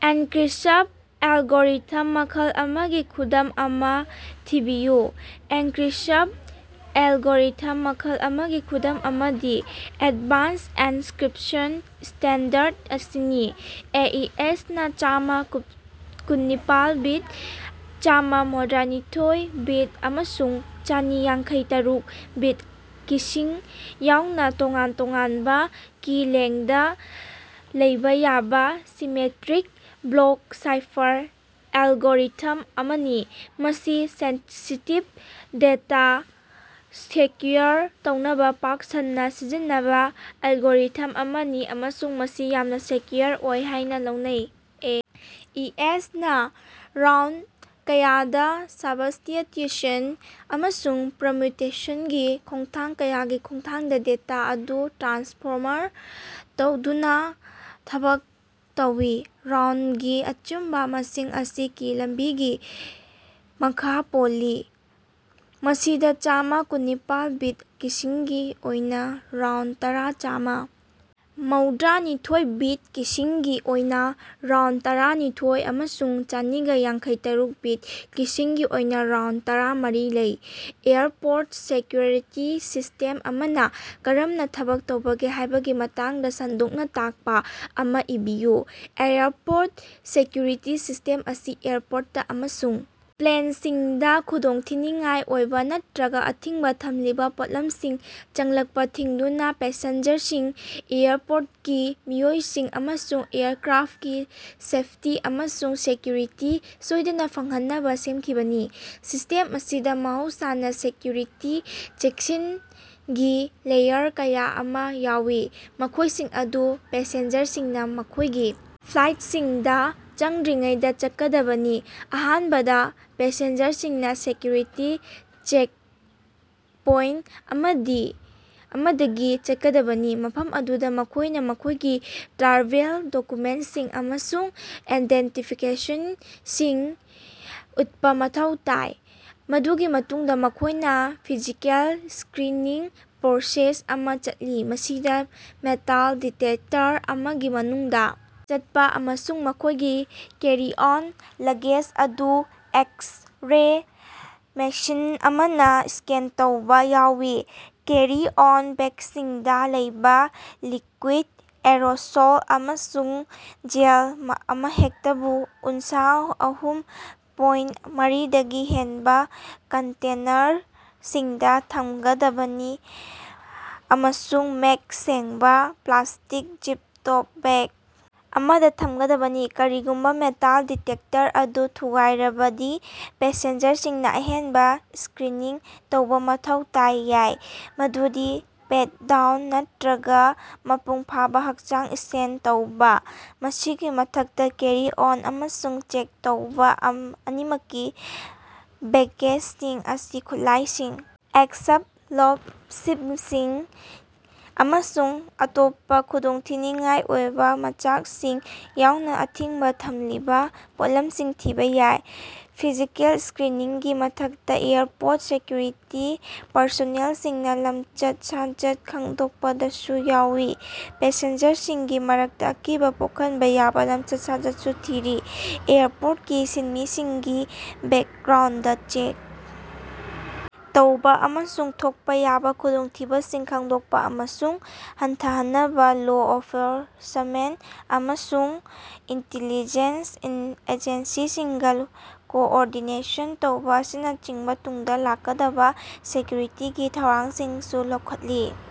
Encryption algorithm ꯃꯈꯜ ꯑꯃꯒꯤ ꯈꯨꯗꯝ ꯑꯃꯥ ꯊꯤꯕꯤꯌꯨ꯫ ꯑꯦꯟꯀ꯭ꯔꯤꯞꯁꯟ ꯑꯦꯂꯒꯣꯔꯤꯊꯝ ꯃꯈꯜ ꯑꯃꯒꯤ ꯈꯨꯗꯝ ꯑꯃꯗꯤ ꯑꯦꯗꯚꯥꯟꯁ ꯑꯦꯟꯀ꯭ꯔꯤꯞꯁꯟ ꯁ꯭ꯇꯦꯟꯗꯔꯗ ꯑꯁꯤꯅꯤ꯫ ꯑꯦ. ꯏ. ꯑꯦꯁ. ꯅꯥ ꯆꯥꯝꯃ ꯀꯨꯟꯅꯤꯄꯥꯜꯕꯤꯠ, ꯆꯥꯝꯃ ꯃꯧꯗ꯭ꯔꯥꯅꯤꯊꯣꯏ-ꯕꯤꯠ, ꯑꯃꯁꯨꯡ ꯆꯥꯅꯤ ꯌꯥꯡꯈꯩꯇꯔꯨꯛ-ꯕꯤꯠ ꯀꯤꯁꯤꯡ ꯌꯥꯎꯅ ꯇꯣꯉꯥꯟ ꯇꯣꯉꯥꯟꯕ ꯀꯤ ꯂꯦꯡꯗꯅ ꯂꯩꯕ ꯌꯥꯕ ꯁꯤꯃꯦꯇ꯭ꯔꯤꯛ ꯕ꯭ꯂꯣꯛ ꯁꯥꯏꯐꯔ ꯑꯦꯂꯒꯣꯔꯤꯊꯝ ꯑꯃꯅꯤ꯫ ꯃꯁꯤ ꯁꯦꯟꯁꯤꯇꯤꯞ ꯗꯦꯇꯥ ꯁꯦꯀ꯭ꯌꯨꯔ ꯇꯧꯅꯕ ꯄꯥꯛ ꯁꯟꯅ ꯁꯤꯖꯤꯟꯅꯕ ꯑꯦꯜꯒꯣꯔꯤꯊꯝ ꯑꯃꯅꯤ ꯑꯃꯁꯨꯡ ꯃꯁꯤ ꯌꯥꯝꯅ ꯁꯦꯀ꯭ꯌꯨꯔ ꯑꯣꯏ ꯍꯥꯏꯅ ꯂꯧꯅꯩ꯫ ꯑꯦ. ꯏ. ꯑꯦꯁ. ꯅ ꯔꯥꯎꯟꯗ ꯀꯌꯥꯗ ꯁꯕ꯭ꯁꯇꯤꯇ꯭ꯌꯨꯁꯟ ꯑꯃꯁꯨꯡ ꯄ꯭ꯔꯃꯨꯇꯦꯁꯟꯒꯤ ꯈꯣꯡꯊꯥꯡ ꯀꯌꯥꯒꯤ ꯈꯨꯠꯊꯥꯡꯗ ꯗꯦꯇꯥ ꯑꯗꯨ ꯇ꯭ꯔꯥꯟꯁꯐ꯭ꯣꯔꯝ ꯇꯧꯗꯨꯅ ꯊꯕꯛ ꯇꯧꯏ꯫ ꯔꯥꯎꯟꯗꯒꯤ ꯑꯆꯨꯝꯕꯥ ꯃꯁꯤꯡ ꯑꯁꯤ ꯀꯤ ꯂꯝꯕꯤꯒꯤ ꯃꯈꯥ ꯄꯣꯜꯂꯤ, ꯃꯁꯤꯗꯥ ꯆꯥꯝꯃ ꯀꯨꯟꯅꯤꯄꯥꯜ-ꯕꯤꯠ ꯀꯤꯁꯤꯡꯒꯤ ꯑꯣꯏꯅ ꯔꯥꯎꯟꯗ ꯇꯔꯥ, ꯆꯥꯝꯃ ꯃꯧꯗ꯭ꯔꯥꯅꯤꯊꯣꯏ-ꯕꯤꯠ ꯀꯤꯁꯤꯡꯒꯤ ꯑꯣꯏꯅ ꯔꯥꯎꯟꯗ ꯇꯔꯥꯅꯤꯊꯣꯏꯑꯃꯁꯨꯡ ꯆꯅꯤꯒ ꯌꯥꯡꯈꯩ ꯇꯔꯨꯛ-ꯕꯤꯠ ꯀꯤꯁꯤꯡꯒꯤ ꯑꯣꯏꯅꯥ ꯔꯥꯎꯟꯗ ꯇꯔꯥ ꯃꯔꯤ ꯂꯩ꯫ ꯑꯦꯌꯔꯄꯣꯔꯠ ꯁꯦꯀ꯭ꯌꯨꯔꯤꯇꯤ ꯁꯤꯁ꯭ꯇꯦꯝ ꯑꯃꯅ ꯀꯔꯝꯅꯥ ꯊꯕꯛ ꯇꯧꯕꯒꯦ ꯍꯥꯏꯕꯒꯤ ꯃꯇꯥꯡꯗꯥ ꯁꯟꯗꯣꯛꯅꯥ ꯇꯥꯛꯄꯥ ꯑꯃꯥ ꯏꯕꯤꯌꯨ꯫ ꯑꯦꯌꯔꯄꯣꯔꯠ ꯁꯦꯀ꯭ꯌꯨꯔꯤꯇꯤ ꯁꯤꯁ꯭ꯇꯦꯝ ꯑꯁꯤ ꯑꯦꯌꯔꯄꯣꯔꯠꯇ ꯑꯃꯁꯨꯡ ꯄ꯭ꯂꯦꯟꯁꯤꯡꯗ ꯈꯨꯗꯣꯡꯊꯤꯅꯤꯡꯉꯥꯏ ꯑꯣꯏꯕ ꯅꯠꯇꯔꯒ ꯑꯊꯤꯡꯕ ꯊꯝꯂꯤꯕ ꯄꯣꯠꯂꯝꯁꯤꯡ ꯆꯪꯂꯛꯄ ꯊꯤꯡꯗꯨꯅ ꯄꯦꯁꯦꯟꯖꯔꯁꯤꯡ, ꯑꯦꯌꯔꯄꯣꯔꯠꯀꯤ ꯃꯤꯑꯣꯏꯁꯤꯡ, ꯑꯃꯁꯨꯡ ꯑꯦꯌꯔꯀ꯭ꯔꯥꯐꯀꯤ ꯁꯦꯐꯇꯤ ꯑꯃꯁꯨꯡ ꯁꯦꯀꯌꯨꯔꯤꯇꯤ ꯁꯣꯏꯗꯅ ꯐꯪꯍꯟꯅꯕ ꯁꯦꯝꯈꯤꯕꯅꯤ꯫ ꯁꯤꯁ꯭ꯇꯦꯝ ꯑꯁꯤꯗ ꯃꯍꯧꯁꯥꯅ ꯁꯦꯀꯌꯨꯔꯤꯇꯤ ꯆꯦꯛꯁꯤꯡꯒꯤ ꯂꯦꯌꯔ ꯀꯌꯥ ꯑꯃ ꯌꯥꯎꯏ, ꯃꯈꯣꯏꯁꯤꯡ ꯑꯗꯨ ꯄꯦꯁꯦꯟꯖꯔꯁꯤꯡꯅ ꯃꯈꯣꯏꯒꯤ ꯐ꯭ꯂꯥꯏꯠꯁꯤꯡꯗ ꯆꯪꯗ꯭ꯔꯤꯉꯩꯗ ꯆꯠꯀꯗꯕꯅꯤ꯫ ꯑꯍꯥꯟꯕꯗ, ꯄꯦꯁꯦꯟꯖꯔꯁꯤꯡꯅ ꯁꯦꯀ꯭ꯌꯨꯔꯤꯇꯤ ꯆꯦꯛꯄꯣꯏꯟꯠ ꯑꯃꯗꯒꯤ ꯆꯠꯀꯗꯕꯅꯤ, ꯃꯐꯝ ꯑꯗꯨꯗ ꯃꯈꯣꯏꯅ ꯃꯈꯣꯏꯒꯤ ꯇ꯭ꯔꯥꯚꯦꯜ ꯗꯣꯛꯀꯨꯃꯦꯟꯠꯁꯤꯡ ꯑꯃꯁꯨꯡ ꯑꯥꯏꯗꯦꯟꯇꯤꯐꯤꯀꯦꯁꯟꯁꯤꯡ ꯎꯠꯄ ꯃꯊꯧ ꯇꯥꯏ꯫ ꯃꯗꯨꯒꯤ ꯃꯇꯨꯡꯗ, ꯃꯈꯣꯏꯅ ꯐꯤꯖꯤꯀꯦꯜ ꯁ꯭ꯀꯔꯤꯅꯤꯡ ꯄ꯭ꯔꯣꯁꯦꯁ ꯑꯃ ꯆꯠꯂꯤ, ꯃꯁꯤꯗ ꯃꯦꯇꯥꯜ ꯗꯤꯇꯦꯛꯇꯔ ꯑꯃꯒꯤ ꯃꯅꯨꯡꯗꯥ ꯆꯠꯄ ꯑꯃꯁꯨꯡ ꯃꯈꯣꯏꯒꯤ ꯀꯦꯔꯤ-ꯑꯣꯟ ꯂꯒꯦꯖ ꯑꯗꯨ ꯑꯦꯛꯁ-ꯔꯦ ꯃꯦꯁꯤꯟ ꯑꯃꯅ ꯁ꯭ꯀꯦꯟ ꯇꯧꯕ ꯌꯥꯎꯏ꯫ ꯀꯦꯔꯤ-ꯑꯣꯟ ꯕꯦꯒꯁꯤꯡꯗ ꯂꯩꯕ ꯂꯤꯀ꯭ꯌꯨꯏꯗ, ꯑꯦꯔꯣꯁꯣꯜ ꯑꯃꯁꯨꯡ ꯖꯦꯜ ꯑꯃꯍꯦꯛꯇꯕꯨ ꯑꯎꯟꯁꯑꯍꯨꯝ ꯄꯣꯏꯟ ꯃꯔꯤ ꯗꯒꯤ ꯍꯦꯟꯕ ꯀꯟꯇꯦꯅꯔꯁꯤꯡꯗ ꯊꯝꯒꯗꯕꯅꯤ ꯑꯃꯁꯨꯡ ꯃꯌꯦꯛ ꯁꯦꯡꯕ, ꯄ꯭ꯂꯥꯁ꯭ꯇꯤꯛ, ꯖꯤꯞ-ꯇꯣꯞ ꯕꯦꯒ ꯑꯃꯗ ꯊꯝꯒꯗꯕꯅꯤ꯫ ꯀꯔꯤꯒꯨꯝꯕ ꯃꯦꯇꯥꯜ ꯗꯤꯇꯦꯛꯇꯔ ꯑꯗꯨ ꯊꯨꯒꯥꯏꯔꯕꯗꯤ, ꯄꯦꯁꯦꯟꯖꯔꯁꯤꯡꯅ ꯑꯍꯦꯟꯕꯥ ꯁ꯭ꯀꯔꯤꯅꯤꯡ ꯇꯧꯕ ꯃꯊꯧ ꯇꯥꯕ ꯌꯥꯏ, ꯃꯗꯨꯗꯤ ꯄꯦꯠ-ꯗꯥꯎꯟ ꯅꯠꯇꯔꯒ ꯃꯄꯨꯡ ꯐꯥꯕ ꯍꯛꯆꯥꯡ ꯁ꯭ꯀꯦꯟ ꯇꯧꯕ꯫ ꯃꯁꯤꯒꯤ ꯃꯊꯛꯇ, ꯀꯦꯔꯤ ꯑꯣꯟ ꯑꯃꯁꯨꯡ ꯆꯦꯛ ꯇꯧꯕꯥ ꯑꯅꯤꯃꯛꯀꯤ ꯕꯦꯒꯦꯖꯁꯤꯡ ꯑꯁꯤ ꯈꯨꯠꯂꯥꯏꯁꯤꯡ, ꯑꯦꯛꯁꯞꯂꯣꯁꯤꯚꯁꯤꯡ ꯑꯃꯁꯨꯡ ꯑꯇꯣꯞꯄꯥ ꯈꯨꯗꯣꯡꯊꯤꯅꯤꯡꯉꯥꯏ ꯑꯣꯏꯕ ꯃꯆꯥꯛꯁꯤꯡ ꯌꯥꯎꯅ ꯑꯊꯤꯡꯕ ꯊꯝꯂꯤꯕ ꯄꯣꯠꯂꯝꯁꯤꯡ ꯊꯤꯕ ꯌꯥꯏ꯫ ꯐꯤꯖꯤꯀꯦꯜ ꯁ꯭ꯀꯔꯤꯅꯤꯡꯒꯤ ꯃꯊꯛꯇ, ꯑꯦꯌꯔꯄꯣꯔꯠ ꯁꯦꯀ꯭ꯌꯨꯔꯤꯇꯤ ꯄꯔꯁꯣꯅꯦꯜꯁꯤꯡꯅ ꯂꯝꯆꯠ-ꯁꯥꯖꯠ ꯈꯪꯗꯣꯛꯄꯗꯁꯨ ꯌꯥꯎꯏ, ꯄꯦꯁꯦꯟꯖꯔꯁꯤꯡꯒꯤ ꯃꯔꯛꯇ ꯑꯀꯤꯕ ꯄꯣꯛꯍꯟꯕ ꯌꯥꯕꯥ ꯂꯃꯆꯠ-ꯁꯥꯖꯠ ꯁꯨ ꯊꯤꯔꯤ꯫ ꯑꯦꯌꯔꯄꯣꯔꯠꯀꯤ ꯁꯤꯟꯃꯤꯁꯤꯡꯒꯤ ꯕꯦꯀꯒ꯭ꯔꯥꯎꯟꯗ ꯆꯦꯛ ꯇꯧꯕ ꯑꯃꯁꯨꯡ ꯊꯣꯛꯄ ꯌꯥꯕ ꯈꯨꯗꯣꯡꯊꯤꯕꯁꯤꯡ ꯈꯪꯗꯣꯛꯄ ꯑꯃꯁꯨꯡ ꯍꯟꯊꯍꯟꯅꯕ ꯂꯣ ꯑꯦꯟꯐꯣꯔꯁꯃꯦꯟꯠ ꯑꯃꯁꯨꯡ ꯏꯟꯇꯤꯂꯤꯖꯦꯟꯁ ꯑꯦꯖꯦꯟꯁꯤꯁꯤꯡꯒ ꯀꯣꯑꯣꯔꯗꯤꯅꯦꯁꯟ ꯇꯧꯕ ꯑꯁꯤꯅꯆꯤꯡꯕ ꯇꯨꯡꯗ ꯂꯥꯛꯀꯗꯕ ꯁꯦꯀ꯭ꯌꯨꯔꯤꯇꯤꯒꯤ ꯊꯧꯔꯥꯡꯁꯤꯡꯁꯨ ꯂꯧꯈꯠꯂꯤ꯫